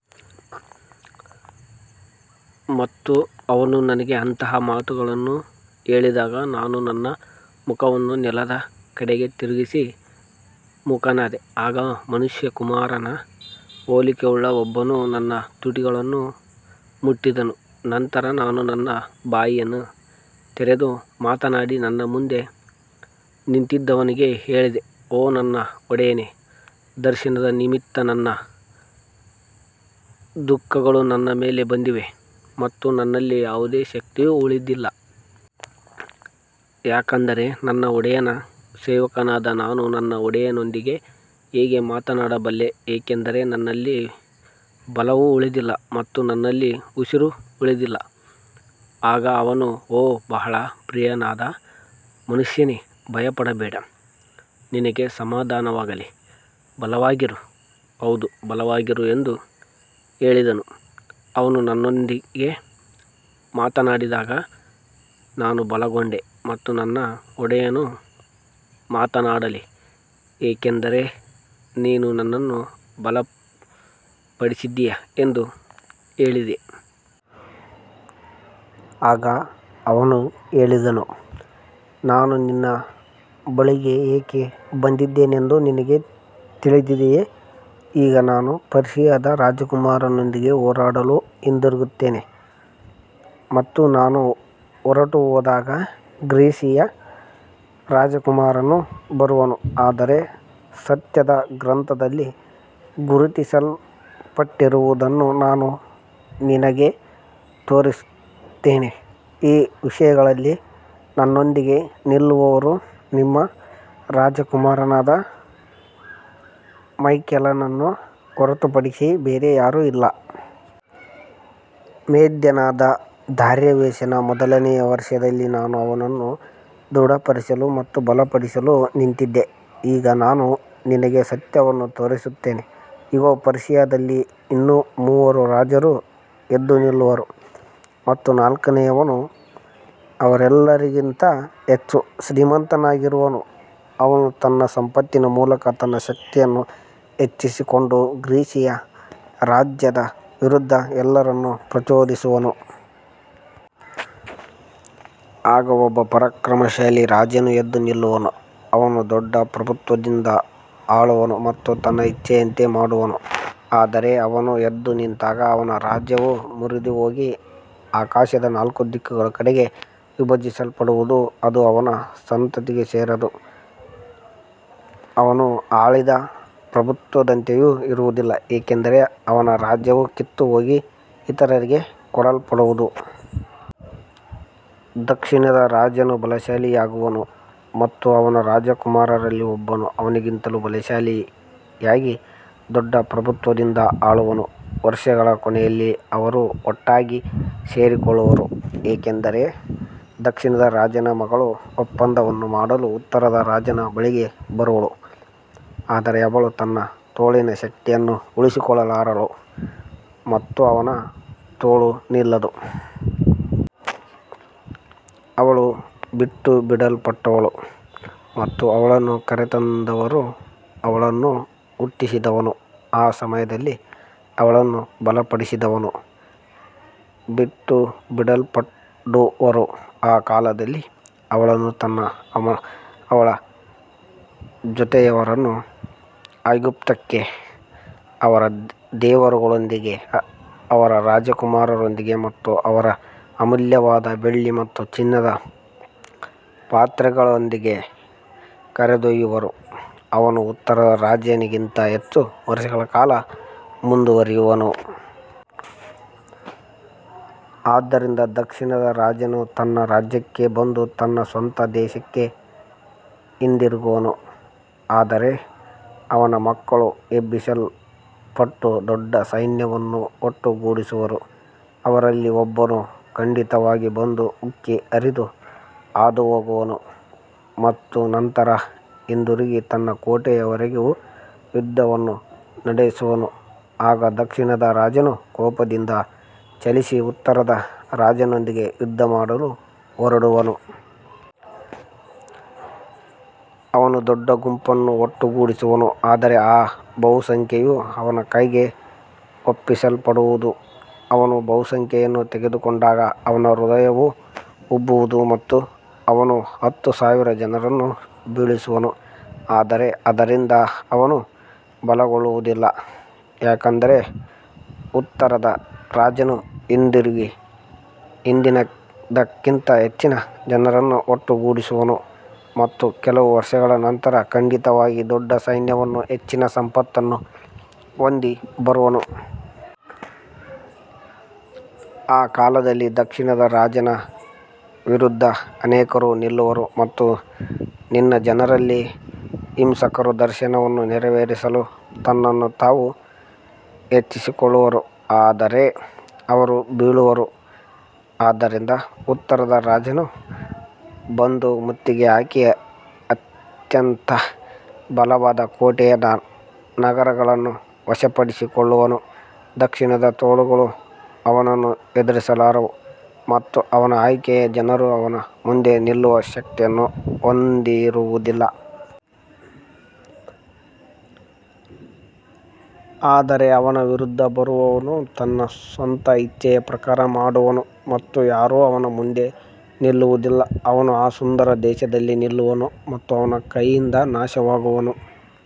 ಮತ್ತು ಅವನು ನನಗೆ ಅಂತಹ ಮಾತುಗಳನ್ನು ಹೇಳಿದಾಗ ನಾನು ನನ್ನ ಮುಖವನ್ನು ನೆಲದ ಕಡೆಗೆ ತಿರುಗಿಸಿ ಮೂಕನಾದೆ. ಆಗ ಮನುಷ್ಯಕುಮಾರನ ಹೋಲಿಕೆಯುಳ್ಳ ಒಬ್ಬನು ನನ್ನ ತುಟಿಗಳನ್ನು ಮುಟ್ಟಿದನು. ನಂತರ ನಾನು ನನ್ನ ಬಾಯಿಯನ್ನು ತೆರೆದು ಮಾತನಾಡಿ ನನ್ನ ಮುಂದೆ ನಿಂತಿದ್ದವನಿಗೆ ಹೇಳಿದೆ, ಓ ನನ್ನ ಒಡೆಯನೇ, ದರ್ಶನದ ನಿಮಿತ್ತ ನನ್ನ ದುಃಖಗಳು ನನ್ನ ಮೇಲೆ ಬಂದಿವೆ ಮತ್ತು ನನ್ನಲ್ಲಿ ಯಾವುದೇ ಶಕ್ತಿಯೂ ಉಳಿದಿಲ್ಲ. ಯಾಕಂದರೆ ನನ್ನ ಒಡೆಯನ ಸೇವಕನಾದ ನಾನು ನನ್ನ ಒಡೆಯನೊಂದಿಗೆ ಹೇಗೆ ಮಾತನಾಡಬಲ್ಲೆ, ಏಕೆಂದರೆ ನನ್ನಲ್ಲಿ ಬಲವು ಉಳಿದಿಲ್ಲ ಮತ್ತು ನನ್ನಲ್ಲಿ ಉಸಿರೂ ಉಳಿದಿಲ್ಲ. ಆಗ ಅವನು, ಓ ಬಹಳ ಪ್ರಿಯನಾದ ಮನುಷ್ಯನೇ, ಭಯಪಡಬೇಡ, ನಿನಗೆ ಸಮಾಧಾನವಾಗಲಿ, ಬಲವಾಗಿರು, ಹೌದು, ಬಲವಾಗಿರು ಎಂದು ಹೇಳಿದನು. ಅವನು ನನ್ನೊಂದಿಗೆ ಮಾತನಾಡಿದಾಗ ನಾನು ಬಲಗೊಂಡೆ ಮತ್ತು ನನ್ನ ಒಡೆಯನು ಮಾತನಾಡಲಿ, ಏಕೆಂದರೆ ನೀನು ನನ್ನನ್ನು ಬಲಪಡಿಸಿದ್ದೀಯ ಎಂದು ಹೇಳಿದೆ. ಆಗ ಅವನು ಹೇಳಿದನು, ನಾನು ನಿನ್ನ ಬಳಿಗೆ ಏಕೆ ಬಂದಿದ್ದೇನೆಂದು ನಿನಗೆ ತಿಳಿದಿದೆಯೇ. ಈಗ ನಾನು ಪರ್ಷಿಯಾದ ರಾಜಕುಮಾರನೊಂದಿಗೆ ಹೋರಾಡಲು ಹಿಂದಿರುಗುತ್ತೇನೆ ಮತ್ತು ನಾನು ಹೊರಟುಹೋದಾಗ ಗ್ರೀಸಿಯ ರಾಜಕುಮಾರನು ಬರುವನು. ಆದರೆ ಸತ್ಯದ ಗ್ರಂಥದಲ್ಲಿ ಗುರುತಿಸಲ್ಪಟ್ಟಿರುವುದನ್ನು ನಾನು ನಿನಗೆ ತೋರಿಸುತ್ತೇನೆ. ಈ ವಿಷಯಗಳಲ್ಲಿ ನನ್ನೊಂದಿಗೆ ನಿಲ್ಲುವವರು ನಿಮ್ಮ ರಾಜಕುಮಾರನಾದ ಮೈಕೆಲನನ್ನು ಹೊರತುಪಡಿಸಿ ಬೇರೆ ಯಾರೂ ಇಲ್ಲ. ಮೇದ್ಯನಾದ ದಾರ್ಯಾವೆಷನ ಮೊದಲನೆಯ ವರ್ಷದಲ್ಲಿ ನಾನು ಅವನನ್ನು ದೃಢಪಡಿಸಲು ಮತ್ತು ಬಲಪಡಿಸಲು ನಿಂತಿದ್ದೆ. ಈಗ ನಾನು ನಿನಗೆ ಸತ್ಯವನ್ನು ತೋರಿಸುತ್ತೇನೆ. ಇಗೋ, ಪರ್ಷಿಯಾದಲ್ಲಿ ಇನ್ನೂ ಮೂವರು ರಾಜರು ಎದ್ದು ನಿಲ್ಲುವರು ಮತ್ತು ನಾಲ್ಕನೆಯವನು ಅವರೆಲ್ಲರಿಗಿಂತ ಹೆಚ್ಚು ಶ್ರೀಮಂತನಾಗಿರುವನು. ಅವನು ತನ್ನ ಸಂಪತ್ತಿನ ಮೂಲಕ ತನ್ನ ಶಕ್ತಿಯನ್ನು ಹೆಚ್ಚಿಸಿಕೊಂಡು ಗ್ರೀಸಿಯ ರಾಜ್ಯದ ವಿರುದ್ಧ ಎಲ್ಲರನ್ನೂ ಪ್ರಚೋದಿಸುವನು. ಆಗ ಒಬ್ಬ ಪರಾಕ್ರಮಶಾಲಿ ರಾಜನು ಎದ್ದು ನಿಲ್ಲುವನು. ಅವನು ದೊಡ್ಡ ಪ್ರಭುತ್ವದಿಂದ ಆಳುವನು ಮತ್ತು ತನ್ನ ಇಚ್ಛೆಯಂತೆ ಮಾಡುವನು. ಆದರೆ ಅವನು ಎದ್ದು ನಿಂತಾಗ ಅವನ ರಾಜ್ಯವು ಮುರಿದುಹೋಗಿ ಆಕಾಶದ ನಾಲ್ಕು ದಿಕ್ಕುಗಳ ಕಡೆಗೆ ವಿಭಜಿಸಲ್ಪಡುವುದು. ಅದು ಅವನ ಸಂತತಿಗೆ ಸೇರದು ಮತ್ತು ಅವನು ಆಳಿದ ಪ್ರಭುತ್ವದಂತೆಯೂ ಇರುವುದಿಲ್ಲ, ಏಕೆಂದರೆ ಅವನ ರಾಜ್ಯವು ಕಿತ್ತುಹೋಗಿ ಇತರರಿಗೆ ಕೊಡಲ್ಪಡುವುದು. ದಕ್ಷಿಣದ ರಾಜನು ಬಲಶಾಲಿಯಾಗುವನು ಮತ್ತು ಅವನ ರಾಜಕುಮಾರರಲ್ಲಿ ಒಬ್ಬನು ಅವನಿಗಿಂತಲೂ ಬಲಶಾಲಿಯಾಗಿ ದೊಡ್ಡ ಪ್ರಭುತ್ವದಿಂದ ಆಳುವನು. ವರ್ಷಗಳ ಕೊನೆಯಲ್ಲಿ ಅವರು ಒಟ್ಟಾಗಿ ಸೇರಿಕೊಳ್ಳುವರು, ಏಕೆಂದರೆ ದಕ್ಷಿಣದ ರಾಜನ ಮಗಳು ಒಪ್ಪಂದವನ್ನು ಮಾಡಲು ಉತ್ತರದ ರಾಜನ ಬಳಿಗೆ ಬರುವಳು. ಆದರೆ ಅವಳು ತನ್ನ ತೋಳಿನ ಶಕ್ತಿಯನ್ನು ಉಳಿಸಿಕೊಳ್ಳಲಾರಳು ಮತ್ತು ಅವನ ತೋಳೂ ನಿಲ್ಲದು. ಅವಳು ಬಿಟ್ಟುಬಿಡಲ್ಪಡುವಳು ಮತ್ತು ಅವಳನ್ನು ಕರೆತಂದವರೂ, ಅವಳನ್ನು ಹುಟ್ಟಿಸಿದವನೂ, ಆ ಸಮಯದಲ್ಲಿ ಅವಳನ್ನು ಬಲಪಡಿಸಿದವನೂ ಬಿಟ್ಟುಬಿಡಲ್ಪಡುವರು. ಆ ಕಾಲದಲ್ಲಿ ಅವಳನ್ನು ಮತ್ತು ಅವಳ ಜೊತೆಯವರನ್ನು ಐಗುಪ್ತಕ್ಕೆ ಅವರ ದೇವರುಗಳೊಂದಿಗೆ, ಅವರ ರಾಜಕುಮಾರರೊಂದಿಗೆ ಮತ್ತು ಅವರ ಅಮೂಲ್ಯವಾದ ಬೆಳ್ಳಿ ಮತ್ತು ಚಿನ್ನದ ಪಾತ್ರೆಗಳೊಂದಿಗೆ ಕರೆದೊಯ್ಯುವರು. ಅವನು ಉತ್ತರದ ರಾಜನಿಗಿಂತ ಹೆಚ್ಚು ವರ್ಷಗಳ ಕಾಲ ಮುಂದುವರಿಯುವನು. ಆದ್ದರಿಂದ ದಕ್ಷಿಣದ ರಾಜನು ತನ್ನ ರಾಜ್ಯಕ್ಕೆ ಬಂದು ತನ್ನ ಸ್ವಂತ ದೇಶಕ್ಕೆ ಹಿಂದಿರುಗುವನು. ಆದರೆ ಅವನ ಮಕ್ಕಳು ಎಬ್ಬಿಸಲ್ಪಟ್ಟು ದೊಡ್ಡ ಸೈನ್ಯವನ್ನು ಒಟ್ಟುಗೂಡಿಸುವರು. ಅವರಲ್ಲಿ ಒಬ್ಬನು ಖಂಡಿತವಾಗಿ ಬಂದು ಉಕ್ಕಿ ಹರಿದು ಹಾದುಹೋಗುವನು ಮತ್ತು ನಂತರ ಹಿಂದಿರುಗಿ ತನ್ನ ಕೋಟೆಯವರೆಗೂ ಯುದ್ಧವನ್ನು ನಡೆಸುವನು. ಆಗ ದಕ್ಷಿಣದ ರಾಜನು ಕೋಪದಿಂದ ಚಲಿಸಿ ಉತ್ತರದ ರಾಜನೊಂದಿಗೆ ಯುದ್ಧಮಾಡಲು ಹೊರಡುವನು. ಅವನು ದೊಡ್ಡ ಗುಂಪನ್ನು ಒಟ್ಟುಗೂಡಿಸುವನು, ಆದರೆ ಆ ಬಹುಸಂಖ್ಯೆಯು ಅವನ ಕೈಗೆ ಒಪ್ಪಿಸಲ್ಪಡುವುದು. ಅವನು ಬಹುಸಂಖ್ಯೆಯನ್ನು ತೆಗೆದುಕೊಂಡಾಗ ಅವನ ಹೃದಯವು ಉಬ್ಬುವುದು ಮತ್ತು ಅವನು ಹತ್ತು ಸಾವಿರ ಜನರನ್ನು ಬೀಳಿಸುವನು, ಆದರೆ ಅದರಿಂದ ಅವನು ಬಲಗೊಳ್ಳುವುದಿಲ್ಲ. ಯಾಕಂದರೆ ಉತ್ತರದ ರಾಜನು ಹಿಂದಿರುಗಿ ಹಿಂದಿನದಕ್ಕಿಂತ ಹೆಚ್ಚಿನ ಜನರನ್ನು ಒಟ್ಟುಗೂಡಿಸುವನು ಮತ್ತು ಕೆಲವು ವರ್ಷಗಳ ನಂತರ ಖಂಡಿತವಾಗಿ ದೊಡ್ಡ ಸೈನ್ಯವನ್ನೂ ಹೆಚ್ಚಿನ ಸಂಪತ್ತನ್ನೂ ಹೊಂದಿ ಬರುವನು. ಆ ಕಾಲದಲ್ಲಿ ದಕ್ಷಿಣದ ರಾಜನ ವಿರುದ್ಧ ಅನೇಕರು ನಿಲ್ಲುವರು ಮತ್ತು ನಿನ್ನ ಜನರಲ್ಲಿ ಹಿಂಸಕರು ದರ್ಶನವನ್ನು ನೆರವೇರಿಸಲು ತಮ್ಮನ್ನು ತಾವು ಹೆಚ್ಚಿಸಿಕೊಳ್ಳುವರು, ಆದರೆ ಅವರು ಬೀಳುವರು. ಆದ್ದರಿಂದ ಉತ್ತರದ ರಾಜನು ಬಂದು ಮುತ್ತಿಗೆ ಹಾಕಿ ಅತ್ಯಂತ ಬಲವಾದ ಕೋಟೆಯ ನಗರಗಳನ್ನು ವಶಪಡಿಸಿಕೊಳ್ಳುವನು. ದಕ್ಷಿಣದ ತೋಳುಗಳು ಅವನನ್ನು ಎದುರಿಸಲಾರವು ಮತ್ತು ಅವನ ಆಯ್ಕೆಯ ಜನರೂ ಅವನ ಮುಂದೆ ನಿಲ್ಲುವ ಶಕ್ತಿಯನ್ನು ಹೊಂದಿರುವುದಿಲ್ಲ. ಆದರೆ ಅವನ ವಿರುದ್ಧ ಬರುವವನು ತನ್ನ ಸ್ವಂತ ಇಚ್ಛೆಯ ಪ್ರಕಾರ ಮಾಡುವನು ಮತ್ತು ಯಾರೂ ಅವನ ಮುಂದೆ ನಿಲ್ಲುವುದಿಲ್ಲ. ಅವನು ಆ ಸುಂದರ ದೇಶದಲ್ಲಿ ನಿಲ್ಲುವನು ಮತ್ತು ಅವನ ಕೈಯಿಂದ ನಾಶವಾಗುವನು.